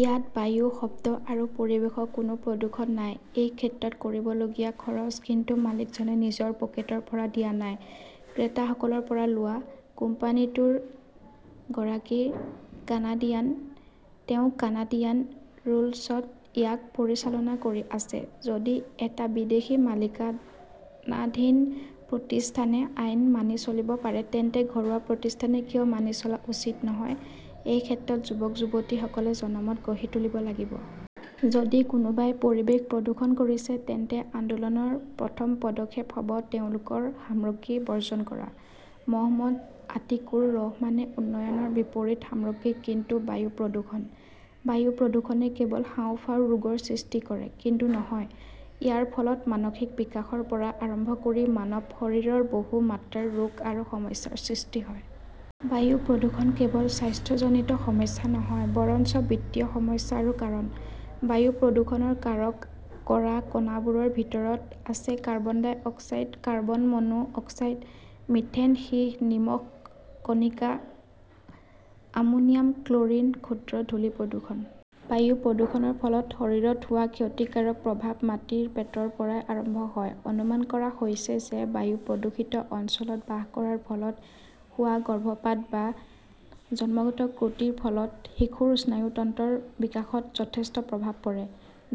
ইয়াত বায়ু, শব্দ আৰু পৰিৱেশৰ কোনো প্ৰদূষণ নাই। এই ক্ষেত্ৰত কৰিবলগীয়া খৰচ, কিন্তু মালিকজনে নিজৰ পকেটৰ পৰা দিয়া নাই। ক্ৰেতাসকলৰ পৰা লোৱা। কোম্পানীটোৰ গৰাকী কানাডিয়ান। তেওঁ কানাডিয়ান ৰুলছত ইয়াক পৰিচালনা কৰি আছে। যদি এটা বিদেশী মালিকানাধীন প্ৰতিষ্ঠানে আইন মানি চলিব পাৰে, তেন্তে ঘৰুৱা প্ৰতিষ্ঠানে কিয় মানি চলা উচিত নহয় এই ক্ষেত্ৰত যুৱক-যুৱতীসকলে জনমত গঢ়ি তুলিব লাগিব। যদি কোনোবাই পৰিৱেশ প্ৰদূষণ কৰিছে, তেন্তে আন্দোলনৰ প্ৰথম পদক্ষেপ হ’ব তেওঁলোকৰ সামগ্ৰী বৰ্জন কৰা। মহম্মদ আতিকুৰ ৰহমানে উন্নয়নৰ বিপৰীত সামগ্ৰী কিন্তু বায়ু প্ৰদূষণ। বায়ু প্ৰদূষণে কেৱল হাঁওফাঁওৰ ৰোগৰ সৃষ্টি কৰে, কিন্তু নহয়। ইয়াৰ ফলত মানসিক বিকাশৰ পৰা আৰম্ভ কৰি মানৱ শৰীৰৰ বহু মাত্ৰাৰ ৰোগ আৰু সমস্যাৰ সৃষ্টি হয়। বায়ু প্ৰদূষণ কেৱল স্বাস্থ্যজনিত সমস্যা নহয় বৰঞ্চ বিত্তীয় সমস্যাৰো কাৰণ। বায়ু প্ৰদূষণৰ কাৰক কৰা কণাবোৰৰ ভিতৰত আছে carbon dioxide, carbon monoxide, methane, সীহ, নিমখ কণিকা, আমোনিয়াম, ক্ল ৰিন, ক্ষুদ্ৰ ধূলি প্ৰদূষণ। বায়ু প্ৰদূষণৰ ফলত শৰীৰত হোৱা ক্ষতিকাৰক প্ৰভাৱ মাতৃৰ পেটৰ পৰাই আৰম্ভ হয়। অনুমান কৰা হৈছে যে বায়ু প্ৰদূষিত অঞ্চলত বাস কৰাৰ ফলত হোৱা গৰ্ভপাত/জন্মগত ত্ৰুটিৰ ফলত শিশুৰ স্নায়ুতন্ত্ৰৰ বিকাশত যথেষ্ট প্ৰভাৱ পৰে।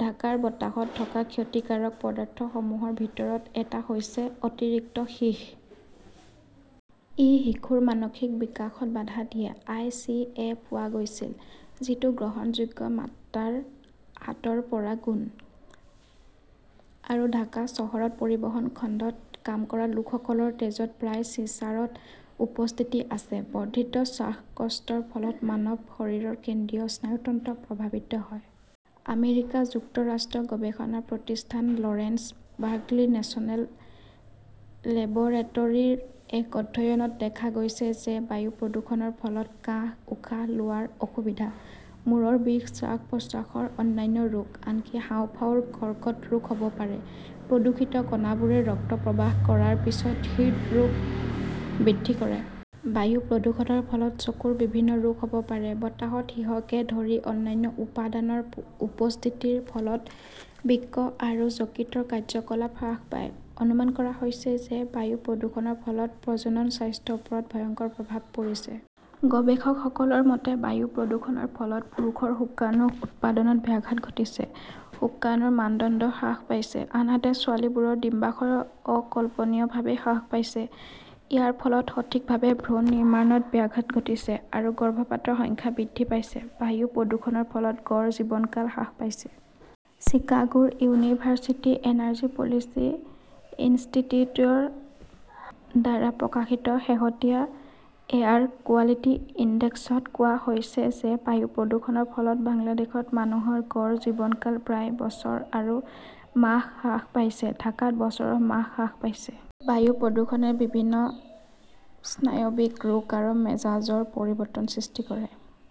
ঢাকাৰ বতাহত থকা ক্ষতিকাৰক পদাৰ্থসমূহৰ ভিতৰত এটা হৈছে অতিৰিক্ত সীহ। ই শিশুৰ মানসিক বিকাশত বাধা দিয়ে। আই. চি. এ. পোৱা গৈছিল, যিটো গ্ৰহণযোগ্য মাত্ৰাৰ সাত ৰ পৰা গুণ। আৰু ঢাকা চহৰত পৰিবহণ খণ্ডত কাম কৰা লোকসকলৰ তেজত প্ৰায় চিছাৰৰ উপস্থিতি আছে। বৰ্ধিত শ্বাসকষ্টৰ ফলত মানৱ শৰীৰৰ কেন্দ্ৰীয় স্নায়ুতন্ত্ৰ প্ৰভাৱিত হয়। আমেৰিকা যুক্তৰাষ্ট্ৰৰ গৱেষণা প্ৰতিষ্ঠান লৰেন্স বাৰ্কলি নেচনেল লেবৰেটৰীৰ এক অধ্যয়নত দেখা গৈছে যে বায়ু প্ৰদূষণৰ ফলত কাহ-উশাহ লোৱাৰ অসুবিধা, মূৰৰ বিষ, শ্বাস-প্ৰশ্বাসৰ অন্যান্য ৰোগ, আনকি হাঁওফাঁওৰ কৰ্কট ৰোগ হ 'ব পাৰে। প্ৰদূষিত কণাবোৰে ৰক্ত প্ৰবাহ কৰাৰ পিছত হৃদৰোগ বৃদ্ধি কৰে। বায়ু প্ৰদূষণৰ ফলত চকুৰ বিভিন্ন ৰোগ হ’ব পাৰে। বতাহত সীহকে ধৰি অন্যান্য উপাদানৰ উপস্থিতিৰ ফলত বৃক্ক আৰু যকৃতৰ কাৰ্য্যকলাপ হ্ৰাস পায়। অনুমান কৰা হৈছে যে বায়ু প্ৰদূষণৰ ফলত প্ৰজনন স্বাস্থ্যৰ ওপৰত ভয়ংকৰ প্ৰভাৱ পৰিছে। গৱেষকসকলৰ মতে, বায়ু প্ৰদূষণৰ ফলত পুৰুষৰ শুক্ৰাণু উৎপাদনত ব্যাঘাত ঘটিছে; শুক্ৰাণুৰ মানদণ্ড হ্ৰাস পাইছে। আনহাতে ছোৱালীবোৰৰ ডিম্বাশয় অকল্পনীয়ভাৱে হ্ৰাস পাইছে। ইয়াৰ ফলত সঠিকভাৱে ভ্ৰূণ নিৰ্মাণত ব্যাঘাত ঘটিছে আৰু গৰ্ভপাতৰ সংখ্যা বৃদ্ধি পাইছে। বায়ু প্ৰদূষণৰ ফলত গড় জীৱনকাল হ্ৰাস পাইছে। চিকাগোৰ ইউনিভাৰ্চিটি এনাৰ্জি পলিচি ইনষ্টিটিউটৰ দ্বাৰা প্ৰকাশিত শেহতীয়া এয়াৰ কোৱালিটি ইনডেক্স ত কোৱা হৈছে যে বায়ু প্ৰদূষণৰ ফলত বাংলাদেশত মানুহৰ গড় জীৱনকাল প্ৰায় বছৰ আৰু মাহ হ্ৰাস পাইছে। ঢাকাত বছৰ মাহ হ্ৰাস পাইছে। বায়ু প্ৰদূষণে বিভিন্ন স্নায়ৱিক ৰোগ আৰু মেজাজৰ পৰিৱৰ্তনৰ সৃষ্টি কৰে ।